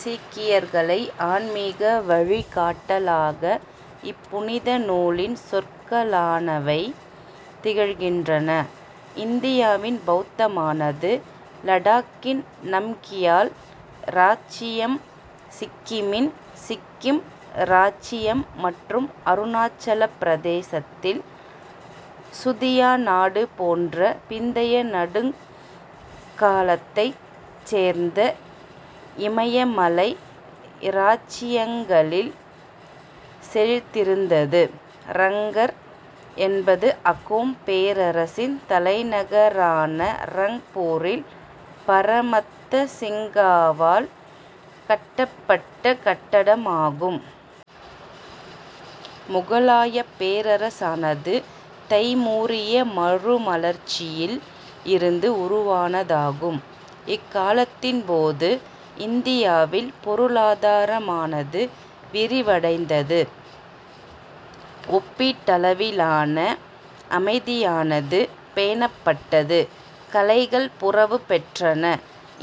சீக்கியர்களை ஆன்மீக வழிகாட்டலாக இப்புனித நூலின் சொற்களானவை திகழ்கின்றன. இந்தியாவில் பௌத்தமானது இலடாக்கின் நம்கியால் இராச்சியம், சிக்கிமின் சிக்கிம் இராச்சியம் மற்றும் அருணாசலப் பிரதேசத்தில் சுதியா நாடு போன்ற பிந்தைய நடுக் காலத்தைச் சேர்ந்த இமயமலை இராச்சியங்களில் செழித்திருந்தது. ரங்கர் என்பது அகோம் பேரரசின் தலைநகரான ரங்பூரில் பரமத்த சிங்காவால் கட்டப்பட்ட கட்டடம் ஆகும். முகலாயப் பேரரசானது தைமூரிய மறுமலர்ச்சியில் இருந்து உருவானதாகும். இக்காலத்தின் போது இந்தியாவின் பொருளாதாரமானது விரிவடைந்தது. ஒப்பீட்டளவிலான அமைதியானது பேணப்பட்டது. கலைகள் புரவு பெற்றன.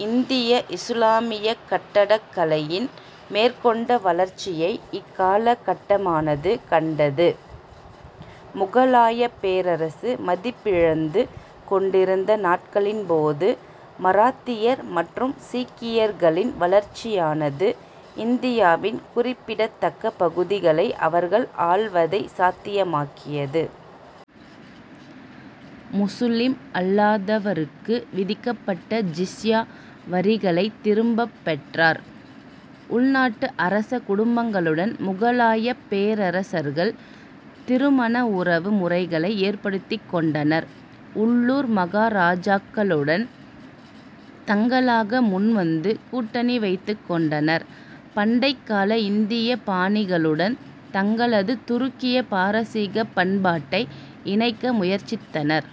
இந்திய-இசுலாமியக் கட்டடக் கலையின் மேற்கொண்ட வளர்ச்சியை இக்கால கட்டமானது கண்டது. முகலாயப் பேரரசு மதிப்பிழந்து கொண்டிருந்த நாட்களின் போது மராத்தியர் மற்றும் சீக்கியர்களின் வளர்ச்சியானது இந்தியாவின் குறிப்பிடத்தக்க பகுதிகளை அவர்கள் ஆள்வதை சாத்தியமாக்கியது. முசுலிம் அல்லாதவருக்கு விதிக்கப்பட்ட ஜிஸ்யா வரிகளைத் திரும்பப் பெற்றார். உள் நாட்டு அரச குடும்பங்களுடன் முகலாயப் பேரரசர்கள் திருமண உறவு முறைகளை ஏற்படுத்திக் கொண்டனர். உள்ளூர் மகாராஜாக்களுடன் தங்களாக முன் வந்து கூட்டணி வைத்துக் கொண்டனர். பண்டைக் கால இந்திய பாணிகளுடன் தங்களது துருக்கிய-பாரசீகப் பண்பாட்டை இணைக்க முயற்சித்தனர்.